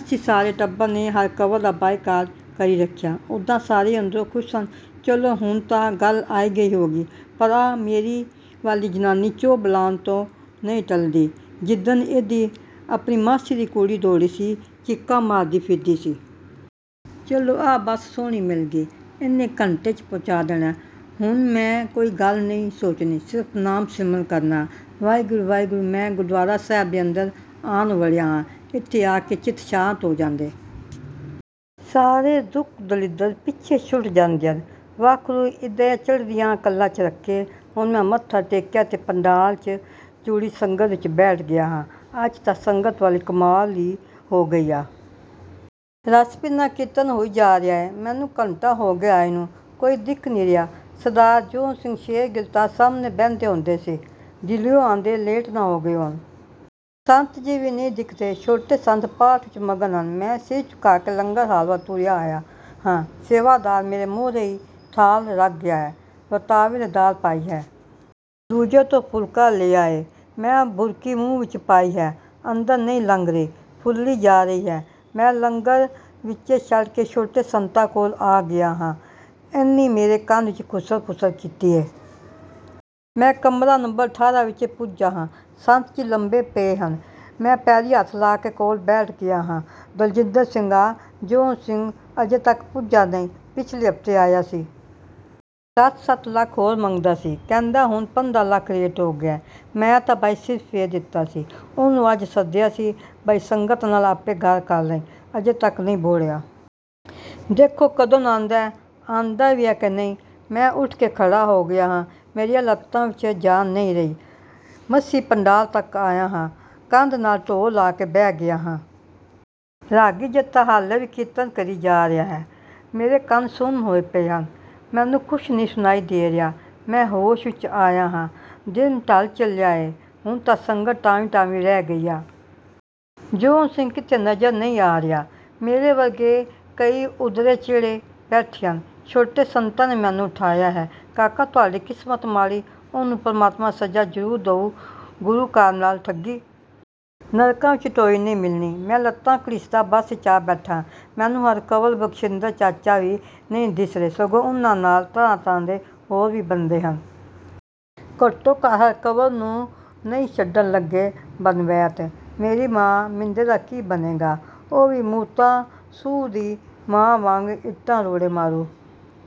ਅਸੀਂ ਸਾਰੇ ਟੱਬਰ ਨੇ ਹਰਕੰਵਲ ਦਾ ਬਾਈਕਾਟ ਕਰੀ ਰੱਖਿਆ। ਉੱਦਾਂ ਸਾਰੇ ਅੰਦਰੋਂ ਖੁਸ਼ ਸਨ। ਚਲੋ, ਹੁਣ ਤਾਂ ਗੱਲ ਆਈ ਗਈ ਹੋ ਗਈ। ਪਰ ਆਹ ਮੇਰੇ ਵਾਲੀ ਜ਼ਨਾਨੀ ਚੋਭ ਲਾਉਣ ਤੋਂ ਨਈਂ ਟੱਲਦੀ। ਜਿੱਦਣ ਇਹਦੀ ਆਪਣੀ ਮਾਸੀ ਦੀ ਕੁੜੀ ਦੌੜੀ ਸੀ, ਚੀਕਾਂ ਮਾਰਦੀ ਫਿਰਦੀ ਸੀ। ਚਲੋ ਆਹ ਬੱਸ ਸੋਹਣੀ ਮਿਲ ਗਈ। ਇਹਨੇ ਘੰਟੇ 'ਚ ਪਹੁੰਚਾ ਦੇਣਾ। ਹੁਣ ਮੈਂ ਕੋਈ ਗੱਲ ਨਈਂ ਸੋਚਣੀ। ਸਿਰਫ਼ ਨਾਮ ਸਿਮਰਨ ਕਰਨਾਂ ਆ। ਵਾਹਿਗੁਰੂ… ਵਾਹਿਗੁਰੂ। ਮੈਂ ਗੁਰਦੁਆਰਾ ਸਾਹਿਬ ਦੇ ਅੰਦਰ ਆਣ ਵੜਿਆ ਹਾਂ। ਇੱਥੇ ਆ ਕੇ ਚਿੱਤ ਸ਼ਾਂਤ ਹੋ ਜਾਂਦੈ। ਸਾਰੇ ਦੁੱਖ ਦਲਿੱਦਰ ਪਿੱਛੇ ਛੁੱਟ ਜਾਂਦੇ ਹਨ। ਵਾਖਰੂ… ਇਦੈਂ ਚੜ੍ਹਦੀਆਂ ਕਲਾਂ 'ਚ ਰੱਖੇ। ਹੁਣ ਮੈਂ ਮੱਥਾ ਟੇਕਿਆ ਤੇ ਪੰਡਾਲ 'ਚ ਜੁੜੀ ਸੰਗਤ ਵਿੱਚ ਬੈਠ ਗਿਆ ਹਾਂ। ਅੱਜ ਤਾਂ ਸੰਗਤ ਵਾਲੀ ਕਮਾਲ ਈ ਹੋ ਗਈ ਆ। ਰਸ ਭਿੰਨਾ ਕੀਰਤਨ ਹੋਈ ਜਾ ਰਿਹਾ ਏ। ਮੈਨੂੰ ਘੰਟਾ ਹੋ ਗਿਆ ਆਏ ਨੂੰ। ਕੋਈ ਦਿਖ ਨਈਂ ਰਿਹਾ। ਸਰਦਾਰ ਜੌਹਨ ਸਿੰਘ ਸ਼ੇਰਗਿੱਲ ਤਾਂ ਸਾਹਮਣੇ ਬਹਿੰਦੇ ਹੁੰਦੇ ਸੀ। ਦਿੱਲੀਉਂ ਆਉਂਦੇ ਲੇਟ ਨਾ ਹੋ ਗਏ ਹੋਣ। ਸੰਤ ਜੀ ਵੀ ਨਈਂ ਦਿਖਦੇ। ਛੋਟੇ ਸੰਤ ਪਾਠ ਵਿੱਚ ਮਗਨ ਹਨ। ਮੈਂ ਸਿਰ ਝੁਕਾ ਕੇ ਲੰਗਰ ਹਾਲ ਵੱਲ ਤੁਰ ਆਇਆ ਹਾਂ। ਸੇਵਾਦਾਰ ਮੇਰੇ ਮੋਹਰੇ ਵੀ ਥਾਲ ਰੱਖ ਗਿਆ ਹੈ। ਵਰਤਾਵੇ ਨੇ ਦਾਲ ਪਾਈ ਹੈ। ਦੂਜੇ ਤੋਂ ਫੁਲਕਾ ਲਿਆ ਏ। ਮੈਂ ਬੁਰਕੀ ਮੂੰਹ ਵਿੱਚ ਪਾਈ ਹੈ। ਅੰਦਰ ਨਈਂ ਲੰਘ ਰਹੀ। ਫੁੱਲੀ ਜਾ ਰਹੀ ਹੈ। ਮੈਂ ਲੰਗਰ ਵਿਚੇ ਛੱਡ ਕੇ ਛੋਟੇ ਸੰਤਾਂ ਕੋਲ ਆ ਗਿਆ ਹਾਂ। ਇਹਨੀਂ ਮੇਰੇ ਕੰਨ ਵਿੱਚ ਘੁਸਰ ਮੁਸਰ ਕੀਤੀ ਏ। ਮੈਂ ਕਮਰਾ ਨੰਬਰ ਅਠਾਰਾਂ ਵਿੱਚ ਪੁੱਜਾ ਹਾਂ। ਸੰਤ ਜੀ ਲੰਮੇ ਪਏ ਹਨ। ਮੈਂ ਪੈਰੀਂ ਹੱਥ ਲਾ ਕੇ ਕੋਲ ਬੈਠ ਗਿਆ ਹਾਂ। "ਦਲਜਿੰਦਰ ਸਿਆਂ, ਜੌਹਨ ਸਿੰਘ ਅਜੇ ਤੱਕ ਪੁੱਜਾ ਨਈਂ। ਪਿਛਲੇ ਹਫ਼ਤੇ ਆਇਆ ਸੀ। ਸੱਤ-ਸੱਤ ਲੱਖ ਹੋਰ ਮੰਗਦਾ ਸੀ। ਕਹਿੰਦਾ ਹੁਣ ਪੰਦਰ੍ਹਾਂ ਲੱਖ ਰੇਟ ਹੋ ਗਿਆ। ਮੈਂ ਤਾਂ ਭਾਈ ਸਿਰ ਫੇਰ ਦਿੱਤਾ ਸੀ। ਉਹਨੂੰ ਅੱਜ ਸੱਦਿਆ ਸੀ, ਬਈ ਸੰਗਤ ਨਾਲ ਆਪੇ ਗੱਲ ਕਰ ਲਈਂ। ਅਜੇ ਤੱਕ ਨਈਂ ਬਹੁੜਿਆ। ਦੇਖੋ ਕਦੋਂ ਆਉਂਦਾ? ਆਉਂਦਾ ਵੀ ਆ ਕਿ…। " ਮੈਂ ਉੱਠ ਕੇ ਖੜ੍ਹਾ ਹੋ ਗਿਆ ਹਾਂ। ਮੇਰੀਆਂ ਲੱਤਾਂ ਵਿੱਚ ਜਾਨ ਨਈਂ ਰਹੀ। ਮਸੀਂ ਪੰਡਾਲ ਤੱਕ ਆਇਆ ਹਾਂ। ਕੰਧ ਨਾਲ ਢੋਅ ਲਾ ਕੇ ਬਹਿ ਗਿਆ ਹਾਂ। ਰਾਗੀ ਜਥਾ ਹਾਲੇ ਵੀ ਕੀਰਤਨ ਕਰੀ ਜਾ ਰਿਹਾ ਹੈ। ਮੇਰੇ ਕੰਨ ਸੁੰਨ ਹੋਏ ਪਏ ਹਨ। ਮੈਨੂੰ ਕੁਸ਼ ਨਈਂ ਸੁਣਾਈ ਦੇ ਰਿਹਾ। ਮੈਂ ਹੋਸ਼ ਵਿੱਚ ਆਇਆ ਹਾਂ। ਦਿਨ ਢੱਲ ਚੱਲਿਆ ਏ। ਹੁਣ ਤਾਂ ਸੰਗਤ ਟਾਵੀਂ-ਟਾਵੀਂ ਰਹਿ ਗਈ ਆ। ਜੌਹਨ ਸਿੰਘ ਕਿਤੇ ਨਜ਼ਰ ਨਈਂ ਆ ਰਿਹਾ। ਮੇਰੇ ਵਰਗੇ ਕਈ ਓਦਰੇ ਚਿਹਰੇ ਬੈਠੇ ਹਨ। ਛੋਟੇ ਸੰਤਾਂ ਨੇ ਮੈਨੂੰ ਉਠਾਇਆ ਹੈ। "ਕਾਕਾ, ਤੁਹਾਡੀ ਕਿਸਮਤ ਮਾੜੀ। ਉਹਨੂੰ ਪ੍ਰਮਾਤਮਾ ਸਜ਼ਾ ਜ਼ਰੂਰ ਦਊ। ਗੁਰੂ ਘਰ ਨਾਲ ਠੱਗੀ। ਨਰਕਾਂ ਵਿੱਚ ਵੀ ਢੋਈ ਨਈਂ ਮਿਲਣੀ। " ਮੈਂ ਲੱਤਾਂ ਘੜੀਸਦਾ ਬੱਸ 'ਚ ਆ ਬੈਠਾ ਹਾਂ। ਮੈਨੂੰ ਹਰਕੰਵਲ, ਬਖਸ਼ਿੰਦਰ, ਚਾਚਾ ਹੀ ਨਈਂ ਦਿਸ ਰਹੇ ਸਗੋਂ ਉਨ੍ਹਾਂ ਨਾਲ ਤਰ੍ਹਾਂ ਤਰ੍ਹਾਂ ਦੇ ਹੋਰ ਵੀ ਬੰਦੇ ਹਨ। ਘੱਟੋ ਘੱਟ ਹਰਕੰਵਲ ਨੂੰ ਨਈਂ ਛੱਡਣ ਲੱਗੇ ਬਣਵੈਤ। ਮੇਰੀ ਮਾਂ ਮਿੰਦੋ ਦਾ ਕੀ ਬਣੇਗਾ? ਉਹ ਵੀ ਮੂਰਤਾ ਸੁੰਹ ਦੀ ਮਾਂ ਵਾਂਗ ਇੱਟਾਂ ਰੋੜੇ ਮਾਰੂ।